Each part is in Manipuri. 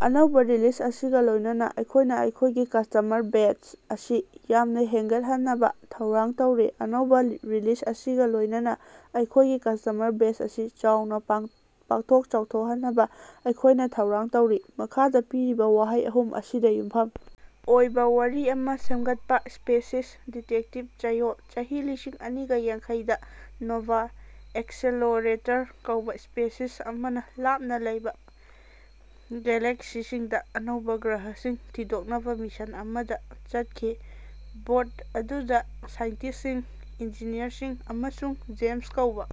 ꯑꯅꯧꯕ ꯔꯤꯂꯤꯖ ꯑꯁꯤꯒ ꯂꯣꯏꯅꯅ ꯑꯩꯈꯣꯏꯅ ꯑꯩꯈꯣꯏꯒꯤ ꯀꯁꯇꯃꯔ ꯕꯦꯖ ꯑꯁꯤ ꯌꯥꯝꯅ ꯍꯦꯟꯒꯠꯍꯟꯅꯕ ꯊꯧꯔꯥꯡ ꯇꯧꯔꯤ꯫ ꯑꯅꯧꯕ ꯔꯤꯂꯤꯖ ꯑꯁꯤꯒ ꯂꯣꯏꯅꯅ ꯑꯩꯈꯣꯏꯒꯤ ꯀꯁꯇꯃꯔ ꯕꯦꯖ ꯑꯁꯤ ꯆꯥꯎꯅ ꯄꯥꯛꯊꯣꯛ ꯆꯥꯎꯊꯣꯛꯍꯟꯅꯕ ꯑꯩꯈꯣꯏꯅ ꯊꯧꯔꯥꯡ ꯇꯧꯔꯤ꯫ ꯃꯈꯥꯗ ꯄꯤꯔꯤꯕ ꯋꯥꯍꯩ ꯑꯍꯨꯝ ꯑꯁꯤꯗ ꯌꯨꯝꯐꯝ ꯑꯣꯏꯕ ꯋꯥꯔꯤ ꯑꯃ ꯁꯦꯝꯒꯠꯄ: ꯁ꯭ꯄꯦꯁꯁꯤꯞ, ꯗꯤꯇꯦꯛꯇꯤꯚ, ꯆꯌꯣꯜ꯫ ꯆꯍꯤ ꯂꯤꯁꯤꯡ ꯑꯅꯤꯒ ꯌꯥꯡꯈꯩ ꯗ ꯅꯣꯚꯥ ꯑꯦꯛꯁꯦꯂꯣꯔꯦꯇꯔ ꯀꯧꯕ ꯁ꯭ꯄꯦꯁꯁꯤꯞ ꯑꯃꯅ ꯂꯥꯞꯅ ꯂꯩꯕ ꯒꯦꯂꯦꯛꯁꯤꯁꯤꯡꯗ ꯑꯅꯧꯕ ꯒ꯭ꯔꯍꯁꯤꯡ ꯊꯤꯗꯣꯛꯅꯕ ꯃꯤꯁꯟ ꯑꯃꯗ ꯆꯠꯈꯤ꯫ ꯕꯣꯔꯗ ꯑꯗꯨꯗ ꯁꯥꯏꯟꯇꯤꯁꯇꯁꯤꯡ, ꯏꯟꯖꯤꯅꯤꯌꯔꯁꯤꯡ ꯑꯃꯁꯨꯡ ꯖꯦꯝꯁ ꯀꯧꯕ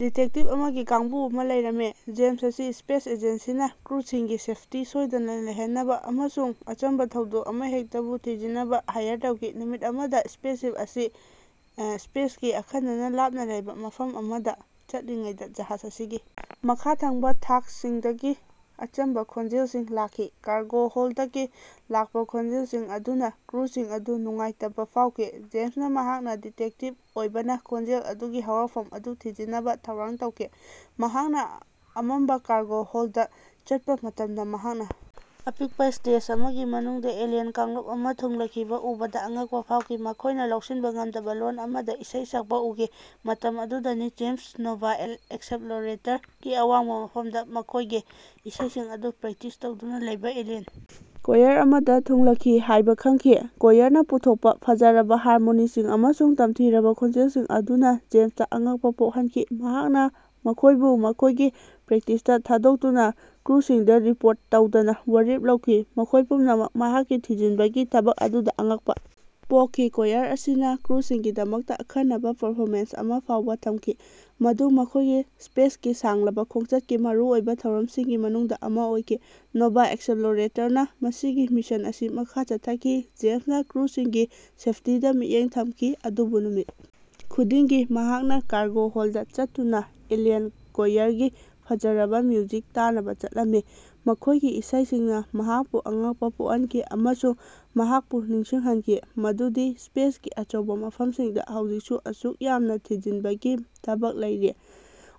ꯗꯤꯇꯦꯛꯇꯤꯚ ꯑꯃꯒꯤ ꯀꯥꯡꯕꯨ ꯑꯃ ꯂꯩꯔꯝꯃꯤ꯫ ꯖꯦꯝꯁ ꯑꯁꯤ ꯁ꯭ꯄꯦꯁ ꯑꯦꯖꯦꯟꯁꯤꯅ ꯀ꯭ꯔꯨꯁꯤꯡꯒꯤ ꯁꯦꯐꯇꯤ ꯁꯣꯏꯗꯅ ꯂꯩꯍꯟꯅꯕ ꯑꯃꯁꯨꯡ ꯑꯆꯝꯕ ꯊꯧꯗꯣꯛ ꯑꯃꯍꯦꯛꯇꯕꯨ ꯊꯤꯖꯤꯟꯅꯕ ꯍꯥꯏꯔ ꯇꯧꯈꯤ꯫ ꯅꯨꯃꯤꯠ ꯑꯃꯗ ꯁ꯭ꯄꯦꯁꯁꯤꯞ ꯑꯁꯤ ꯁ꯭ꯄꯦꯁꯀꯤ ꯑꯈꯟꯅꯅ ꯂꯥꯞꯅ ꯂꯩꯕ ꯃꯐꯝ ꯑꯃꯗ ꯆꯠꯂꯤꯉꯩꯗ ꯖꯍꯥꯖ ꯑꯁꯤꯒꯤ ꯃꯈꯥ ꯊꯪꯕ ꯊꯥꯛꯁꯤꯡꯗꯒꯤ ꯑꯆꯝꯕ ꯈꯣꯟꯖꯦꯜꯁꯤꯡ ꯂꯥꯛꯈꯤ꯫ ꯀꯥꯔꯒꯣ ꯍꯣꯜꯗꯇꯒꯤ ꯂꯥꯛꯄ ꯈꯣꯟꯖꯦꯜꯁꯤꯡ ꯑꯗꯨꯅ ꯀ꯭ꯔꯨꯁꯤꯡ ꯑꯗꯨ ꯅꯨꯡꯉꯥꯏꯇꯕ ꯐꯥꯎꯈꯤ꯫ ꯖꯦꯝꯁꯅ ꯃꯍꯥꯛꯅ ꯗꯤꯇꯦꯛꯇꯤꯚ ꯑꯣꯏꯕꯅ ꯈꯣꯟꯖꯦꯜ ꯑꯗꯨꯒꯤ ꯍꯧꯔꯛꯐꯝ ꯑꯗꯨ ꯊꯤꯖꯤꯟꯅꯕ ꯊꯧꯔꯥꯡ ꯇꯧꯈꯤ꯫ ꯃꯍꯥꯛꯅ ꯑꯃꯝꯕ ꯀꯥꯔꯒꯣ ꯍꯣꯜꯗꯇ ꯆꯠꯄ ꯃꯇꯝꯗ, ꯃꯍꯥꯛꯅ ꯑꯄꯤꯛꯄ ꯁ꯭ꯇꯦꯖ ꯑꯃꯒꯤ ꯃꯅꯨꯡꯗ ꯑꯦꯂꯤꯌꯟ ꯀꯥꯡꯂꯨꯞ ꯑꯃ ꯊꯨꯡꯂꯈꯤꯕ ꯎꯕꯗ ꯑꯉꯛꯄ ꯐꯥꯎꯈꯤ꯫ ꯃꯈꯣꯏꯅ ꯂꯧꯁꯤꯟꯕ ꯉꯝꯗꯕ ꯂꯣꯟ ꯑꯃꯗ ꯏꯁꯩ ꯁꯛꯄ ꯎꯈꯤ꯫ ꯃꯇꯝ ꯑꯗꯨꯗꯅꯤ ꯖꯦꯝꯁꯅ ꯅꯣꯚꯥ ꯑꯦꯛꯁꯞꯂꯣꯔꯦꯇꯔꯒꯤ ꯑꯋꯥꯡꯕ ꯃꯐꯝꯗ ꯃꯈꯣꯏꯒꯤ ꯏꯁꯩꯁꯤꯡ ꯑꯗꯨ ꯄ꯭ꯔꯦꯛꯇꯤꯁ ꯇꯧꯗꯨꯅ ꯂꯩꯕ ꯑꯦꯂꯤꯌꯟ ꯀꯣꯌꯔ ꯑꯃꯗ ꯊꯨꯡꯂꯈꯤ ꯍꯥꯏꯕ ꯈꯪꯈꯤ꯫ ꯀꯣꯌꯔꯅ ꯄꯨꯊꯣꯛꯄ ꯐꯖꯔꯕ ꯍꯥꯔꯃꯣꯅꯤꯁꯤꯡ ꯑꯃꯁꯨꯡ ꯇꯝꯊꯤꯔꯕ ꯈꯣꯟꯖꯦꯜꯁꯤꯡ ꯑꯗꯨꯅ ꯖꯦꯝꯁꯇ ꯑꯉꯛꯄ ꯄꯣꯛꯍꯟꯈꯤ꯫ ꯃꯍꯥꯛꯅ ꯃꯈꯣꯏꯕꯨ ꯃꯈꯣꯏꯒꯤ ꯄ꯭ꯔꯦꯛꯇꯤꯁꯇ ꯊꯥꯗꯣꯛꯇꯨꯅ ꯀ꯭ꯔꯨꯁꯤꯡꯗ ꯔꯤꯄꯣꯔꯠ ꯇꯧꯅꯕ ꯋꯥꯔꯦꯞ ꯂꯧꯈꯤ, ꯃꯈꯣꯏ ꯄꯨꯝꯅꯃꯛ ꯃꯍꯥꯛꯀꯤ ꯊꯤꯖꯤꯟꯕꯒꯤ ꯊꯕꯛ ꯑꯗꯨꯗ ꯑꯉꯛꯄ ꯄꯣꯛꯈꯤ꯫ ꯀꯣꯌꯔ ꯑꯁꯤꯅ ꯀ꯭ꯔꯨꯁꯤꯡꯒꯤꯗꯃꯛꯇ ꯑꯈꯟꯅꯕ ꯄꯔꯐꯣꯃꯦꯟꯁ ꯑꯃ ꯐꯥꯎꯕ ꯊꯝꯈꯤ, ꯃꯗꯨ ꯃꯈꯣꯏꯒꯤ ꯁ꯭ꯄꯦꯁꯀꯤ ꯁꯥꯡꯂꯕ ꯈꯣꯡꯆꯠꯀꯤ ꯃꯔꯨꯑꯣꯏꯕ ꯊꯧꯔꯝꯁꯤꯡꯒꯤ ꯃꯅꯨꯡꯗ ꯑꯃ ꯑꯣꯏꯈꯤ꯫ ꯅꯣꯚꯥ ꯑꯦꯛꯁꯞꯂꯣꯔꯦꯇꯔꯅ ꯃꯁꯤꯒꯤ ꯃꯤꯁꯟ ꯑꯁꯤ ꯃꯈꯥ ꯆꯠꯊꯈꯤ, ꯖꯦꯝꯁꯅ ꯀ꯭ꯔꯨꯁꯤꯡꯒꯤ ꯁꯦꯐꯇꯤꯗ ꯃꯤꯠꯌꯦꯡ ꯊꯝꯈꯤ꯫ ꯑꯗꯨꯕꯨ ꯅꯨꯃꯤꯠ ꯈꯨꯗꯤꯡꯒꯤ ꯃꯍꯥꯛꯅ ꯀꯥꯔꯒꯣ ꯍꯣꯜꯗꯇ ꯆꯠꯇꯨꯅ ꯑꯦꯂꯤꯌꯟ ꯀꯣꯌꯔꯒꯤ ꯐꯖꯔꯕ ꯃ꯭ꯌꯨꯖꯤꯛ ꯇꯥꯅꯕ ꯆꯠꯂꯝꯃꯤ꯫ ꯃꯈꯣꯏꯒꯤ ꯏꯁꯩꯁꯤꯡꯅ ꯃꯍꯥꯛꯄꯨ ꯑꯉꯛꯄ ꯄꯣꯛꯍꯟꯈꯤ ꯑꯃꯁꯨꯡ ꯃꯍꯥꯛꯄꯨ ꯅꯤꯡꯁꯤꯡꯍꯟꯈꯤ ꯃꯗꯨꯗꯤ ꯁ꯭ꯄꯦꯁꯀꯤ ꯑꯆꯧꯕ ꯃꯐꯝꯁꯤꯡꯗ ꯍꯧꯖꯤꯛꯁꯨ ꯑꯁꯨꯛ ꯌꯥꯝꯅ ꯊꯤꯖꯤꯟꯕꯒꯤ ꯊꯕꯛ ꯂꯩꯔꯤ꯫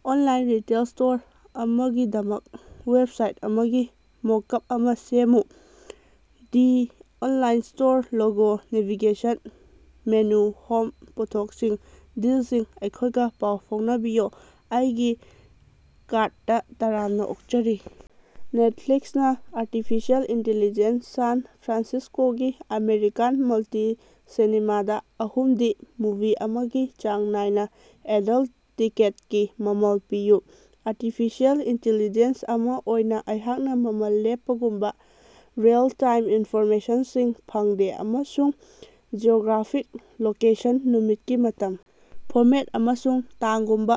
ꯑꯣꯟꯂꯥꯏꯟ ꯔꯤꯇꯦꯜ ꯁ꯭ꯇꯣꯔ ꯑꯃꯒꯤꯗꯃꯛ ꯋꯦꯕꯁꯥꯏꯠ ꯑꯃꯒꯤ ꯃꯣꯀꯞ ꯑꯃ ꯁꯦꯝꯃꯨ꯫ The online store logo navigation menu home ꯄꯣꯠꯊꯣꯛꯁꯤꯡ ꯗꯤꯜꯁꯤꯡ ꯑꯩꯈꯣꯏꯒ ꯄꯥꯎ ꯐꯥꯎꯅꯕꯤꯌꯨ ꯑꯩꯒꯤ ꯀꯥꯔꯠ ꯗ ꯇꯔꯥꯝꯅ ꯑꯣꯛꯆꯔꯤ! ꯅꯦꯇꯐ꯭ꯂꯤꯛꯁꯅ ꯑꯥꯔꯇꯤꯐꯤꯁ꯭ꯌꯜ ꯏꯟꯇꯦꯂꯤꯖꯦꯟꯁ ꯁꯥꯟ ꯐ꯭ꯔꯥꯟꯁꯤꯁ꯭ꯀꯣꯒꯤ ꯑꯃꯦꯔꯤꯀꯥꯟ ꯃꯜꯇꯤ- ꯁꯤꯅꯦꯃꯥ ꯗ ꯑꯍꯨꯝꯗꯤ ꯃꯨꯚꯤ ꯑꯃꯒꯤ ꯆꯥꯡ ꯅꯥꯏꯅ ꯑꯦꯗꯜꯇ ꯇꯤꯀꯦꯠꯀꯤ ꯃꯃꯜ ꯄꯤꯌꯨ꯫ ꯑꯥꯔꯇꯤꯐꯤꯁ꯭ꯌꯜ ꯏꯟꯇꯦꯂꯤꯖꯦꯟꯁ ꯑꯃ ꯑꯣꯏꯅ ꯑꯩꯍꯥꯛꯅ ꯃꯃꯜ ꯂꯦꯞꯄꯒꯨꯝꯕ ꯔꯤꯑꯦꯜ-ꯇꯥꯏꯝ ꯏꯟꯐꯣꯔꯃꯦꯁꯟꯁꯤꯡ ꯐꯪꯗꯦ ꯑꯃꯁꯨꯡ ꯖꯤꯑꯣꯒ꯭ꯔꯥꯐꯤꯛ ꯂꯣꯀꯦꯁꯟ, ꯅꯨꯃꯤꯠꯀꯤ ꯃꯇꯝ, ꯐꯣꯔꯃꯦꯠ, ꯑꯃꯁꯨꯡ ꯇꯥꯡꯒꯨꯝꯕ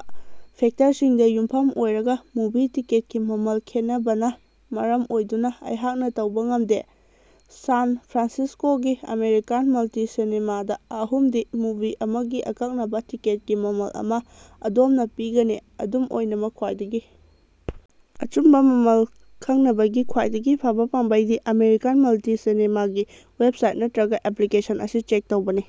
ꯐꯦꯛꯇꯔꯁꯤꯡꯗ ꯌꯨꯝꯐꯝ ꯑꯣꯏꯔꯒ ꯃꯨꯚꯤ ꯇꯤꯀꯦꯠꯀꯤ ꯃꯃꯜ ꯈꯦꯠꯅꯕꯅ ꯃꯔꯝ ꯑꯣꯏꯗꯨꯅ ꯑꯩꯍꯥꯛꯅ ꯇꯧꯕ ꯉꯝꯗꯦ꯫ ꯁꯥꯟ ꯐ꯭ꯔꯥꯟꯁꯤꯁ꯭ꯀꯣꯒꯤ ꯑꯃꯦꯔꯤꯀꯥꯟ ꯃꯜꯇꯤ- ꯁꯤꯅꯦꯃꯥ ꯗ ꯑꯍꯨꯝꯗꯤ ꯃꯨꯚꯤ ꯑꯃꯒꯤ ꯑꯀꯛꯅꯕ ꯇꯤꯀꯦꯠꯀꯤ ꯃꯃꯜ ꯑꯃ ꯑꯗꯣꯝꯗ ꯄꯤꯒꯅꯤ꯫ ꯑꯗꯨꯝ ꯑꯣꯏꯅꯃꯛ ꯈ꯭ꯋꯥꯏꯗꯒꯤ ꯑꯆꯨꯝꯕ ꯃꯃꯜ ꯈꯪꯅꯕꯒꯤ ꯈ꯭ꯋꯥꯏꯗꯒꯤ ꯐꯕ ꯄꯥꯝꯕꯩꯗꯤ ꯑꯃꯦꯔꯤꯀꯥꯟ ꯃꯜꯇꯤ- ꯁꯤꯅꯦꯃꯥꯒꯤ ꯋꯦꯕꯁꯥꯏꯠ ꯅꯠꯇ꯭ꯔꯒ ꯑꯦꯄ꯭ꯂꯤꯀꯦꯁꯟ ꯑꯁꯤ ꯆꯦꯛ ꯇꯧꯕꯅꯤ꯫